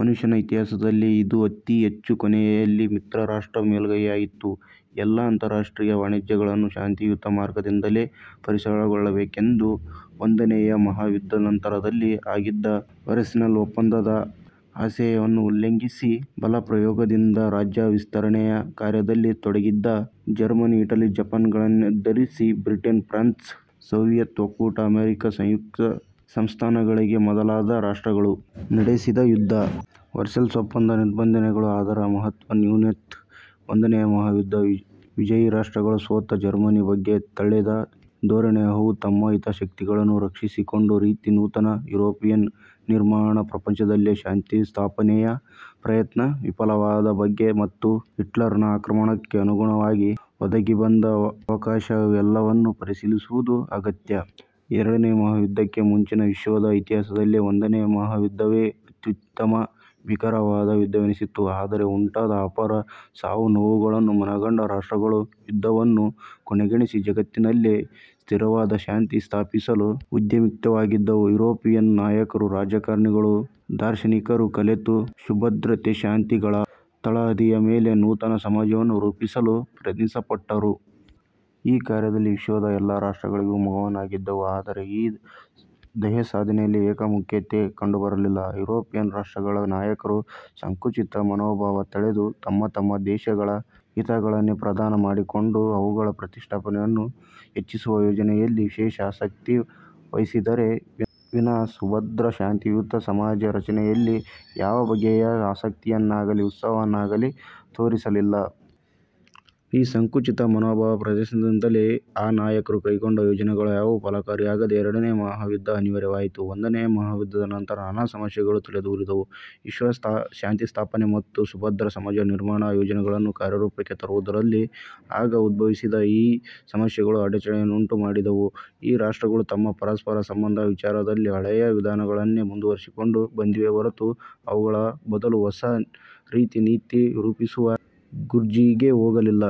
ಮನುಷ್ಯ ನ ಇತಿಹಾಸದಲ್ಲಿಯೇ ಇದು ಅತಿ ಹೆಚ್ಚು. ಕೊನೆಯಲ್ಲಿ ಮಿತ್ರ ರಾಷ್ಟ್ರಗಳ ಮೇಲುಗೈಯಾಯಿತು. ಎಲ್ಲ ಅಂತಾರಾಷ್ಟ್ರೀಯ ವ್ಯಾಜ್ಯಗಳನ್ನೂ ಶಾಂತಿಯುತ ಮಾರ್ಗದಿಂದಲೇ ಪರಿಹರಿಸಿಕೊಳ್ಳಬೇಕೆಂದು ಒಂದನೆಯ ಮಹಾಯುದ್ಧಾನಂತರದಲ್ಲಿ ಆಗಿದ್ದ ವರ್ಸೇಲ್ಸ್ ಒಪ್ಪಂದ ದ ಆಶಯವನ್ನು ಉಲ್ಲಂಘಿಸಿ ಬಲಪ್ರಯೋಗದಿಂದ ರಾಜ್ಯ ವಿಸ್ತರಣೆಯ ಕಾರ್ಯದಲ್ಲಿ ತೊಡಗಿದ್ದ ಜರ್ಮನಿ, ಇಟಲಿ, ಜಪಾನುಗಳನ್ನೆದುರಿಸಿ ಬ್ರಿಟನ್, ಫ್ರಾನ್ಸ್, ಸೋವಿಯತ್ ಒಕ್ಕೂಟ ಅಮೆರಿಕ ಸಂಯುಕ್ತ ಸಂಸ್ಥಾನಗಳೇ ಮೊದಲಾದ ರಾಷ್ಟ್ರಗಳು ನಡೆಸಿದ ಯುದ್ಧ. ವರ್ಸೇಲ್ಸ್ ಒಪ್ಪಂದದ ನಿಬಂಧನೆಗಳು, ಅದರ ಮಹತ್ತ್ವ, ನ್ಯೂನತೆ, ಒಂದನೆಯ ಮಹಾಯುದ್ಧದ ವಿಜಯೀ ರಾಷ್ಟ್ರಗಳು ಸೋತ ಜರ್ಮನಿಯ ಬಗ್ಗೆ ತಳೆದ ಧೋರಣೆ, ಅವು ತಮ್ಮ ಹಿತಾಸಕ್ತಿಗಳನ್ನು ರಕ್ಷಿಸಿ ಕೊಂಡ ರೀತಿ, ನೂತನ ಯುರೋಪಿನ ನಿರ್ಮಾಣ, ಪ್ರಪಂಚದಲ್ಲಿ ಶಾಂತಿಸ್ಥಾಪನೆಯ ಪ್ರಯತ್ನ ವಿಫಲವಾದ ಬಗೆ, ಮತ್ತು ಹಿಟ್ಲರನ ಆಕ್ರಮಣಕ್ಕೆ ಅನುವಾಗಿ ಒದಗಿಬಂದ ಅವಕಾಶ-ಇವೆಲ್ಲವನ್ನೂ ಪರಿಶೀಲಿಸುವುದು ಅಗತ್ಯ. ಎರಡನೆಯ ಮಹಾಯುದ್ಧಕ್ಕೆ ಮುಂಚಿನ ವಿಶ್ವದ ಇತಿಹಾಸದಲ್ಲಿ ಒಂದನೆಯ ಮಹಾಯುದ್ಧ ವೇ ಅತ್ಯಂತ ಭೀಕರವಾದ ಯುದ್ಧವೆನಿಸಿತ್ತು. ಅದರಲ್ಲಿ ಉಂಟಾದ ಅಪಾರ ಸಾವುನೋವುಗಳನ್ನು ಮನಗಂಡ ರಾಷ್ಟ್ರಗಳು ಯುದ್ಧವನ್ನು ಕೊನೆಗಾಣಿಸಿ, ಜಗತ್ತಿನಲ್ಲಿ ಸ್ಥಿರವಾದ ಶಾಂತಿ ಸ್ಥಾಪಿಸಲು ಉದ್ಯುಕ್ತವಾಗಿದ್ದುವು. ಯುರೋಪಿನ ನಾಯಕರೂ ರಾಜಕಾರಣಿಗಳೂ ದಾರ್ಶನಿಕರೂ ಕಲೆತು ಸುಭದ್ರತೆ ಶಾಂತಿಗಳ ತಳಹದಿಯ ಮೇಲೆ ನೂತನ ಸಮಾಜವನ್ನು ರೂಪಿಸಲು ಪ್ರಯತ್ನಪಟ್ಟರು. ಈ ಕಾರ್ಯದಲ್ಲಿ ವಿಶ್ವದ ಎಲ್ಲ ರಾಷ್ಟ್ರಗಳೂ ಮಗ್ನವಾಗಿದ್ದುವು. ಆದರೆ ಈ ಧ್ಯೇಯಸಾಧನೆಯಲ್ಲಿ ಏಕಮುಖತೆ ಕಂಡುಬರಲಿಲ್ಲ. ಯುರೋಪಿನ ರಾಷ್ಟ್ರಗಳ ನಾಯಕರು ಸಂಕುಚಿತ ಮನೋಭಾವ ತಳೆದು ತಂತಮ್ಮ ದೇಶಗಳ ಹಿತಗಳನ್ನೇ ಪ್ರಧಾನ ಮಾಡಿಕೊಂಡು ಅವುಗಳ ಪ್ರತಿಷ್ಠೆಗಳನ್ನು ಹೆಚ್ಚಿಸುವ ಯೋಜನೆಗಳಲ್ಲಿ ವಿಶೇಷ ಆಸಕ್ತಿ ವಹಿಸಿದ್ದರೇ ವಿನಾ ಸುಭದ್ರ ಶಾಂತಿಯುತ ಸಮಾಜದ ರಚನೆಯಲ್ಲಿ ಯಾವ ಬಗೆಯ ಆಸಕ್ತಿಯನ್ನಾಗಲಿ ಉತ್ಸಾಹವನ್ನಾಗಲಿ ತೋರಿಸಲಿಲ್ಲ. ಈ ಸಂಕುಚಿತ ಮನೋಭಾವದ ಪ್ರದರ್ಶನದಿಂದಲೇ ಆ ನಾಯಕರು ಕೈಗೊಂಡ ಯೋಜನೆಗಳಾವುವೂ ಫಲಕಾರಿಯಾಗದೆ ಎರಡನೆಯ ಮಹಾಯುದ್ಧ ಅನಿವಾರ್ಯವಾಯಿತು. ಒಂದನೆಯ ಮಹಾಯುದ್ಧಾನಂತರ ನಾನಾ ಸಮಸ್ಯೆಗಳು ತಲೆದೋರಿದುವು. ವಿಶ್ವಶಾಂತಿಸ್ಥಾಪನೆ ಮತ್ತು ಸುಭದ್ರ ಸಮಾಜ ನಿರ್ಮಾಣದ ಯೋಜನೆಗಳನ್ನು ಕಾರ್ಯರೂಪಕ್ಕೆ ತರುವುದರಲ್ಲಿ ಆಗ ಉದ್ಭವಿಸಿದ ಈ ಸಮಸ್ಯೆಗಳು ಅಡಚಣೆಯನ್ನುಂಟು ಮಾಡಿದವು. ಈ ರಾಷ್ಟ್ರಗಳು ತಮ್ಮ ಪರಸ್ಪರ ಸಂಬಂಧದ ವಿಚಾರದಲ್ಲಿ ಹಳೆಯ ವಿಧಾನಗಳನ್ನೇ ಮುಂದುವರಿಸಿಕೊಂಡು ಬಂದವೇ ಹೊರತು, ಅವುಗಳ ಬದಲು ಹೊಸ ರೀತಿ ನೀತಿಗಳನ್ನು ರೂಪಿಸುವ ಗೋಜಿಗೇ ಹೋಗಲಿಲ್ಲ.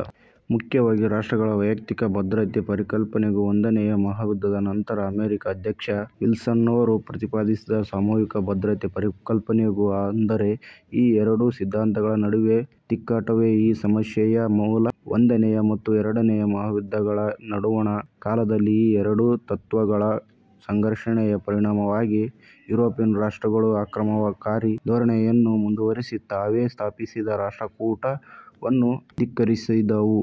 ಮುಖ್ಯವಾಗಿ ರಾಷ್ಟ್ರಗಳ ವೈಯಕ್ತಿಕ ಭದ್ರತೆಯ ಪರಿಕಲ್ಪನೆಗೂ, ಒಂದನೆಯ ಮಹಾಯುದ್ಧಾನಂತರ ಅಮೆರಿಕಾಧ್ಯಕ್ಷ ವಿಲ್ಸನರು ಪ್ರತಿಪಾದಿಸಿದ ಸಾಮೂಹಿಕ ಭದ್ರತೆಯ ಪರಿಕಲ್ಪನೆಗೂ ಅಂದರೆ ಈ ಎರಡು ಸಿದ್ಧಾಂತಗಳ ನಡುವಿನ ತಿಕ್ಕಾಟವೇ ಈ ಸಮಸ್ಯೆಯ ಮೂಲ. ಒಂದನೆಯ ಮತ್ತು ಎರಡನೆಯ ಮಹಾಯುದ್ಧಗಳ ನಡುವಣ ಕಾಲದಲ್ಲಿ ಈ ಎರಡು ತತ್ತ್ವಗಳ ಘರ್ಷಣೆಯ ಪರಿಣಾಮವಾಗಿ ಯುರೋಪಿನ ರಾಷ್ಟ್ರಗಳು ಆಕ್ರಮಣಕಾರಿ ಧೋರಣೆಯನ್ನು ಮುಂದುವರಿಸಿ ತಾವೇ ಸ್ಥಾಪಿಸಿದ ರಾಷ್ಟ್ರಕೂಟ ವನ್ನು ಧಿಕ್ಕರಿಸಿದುವು.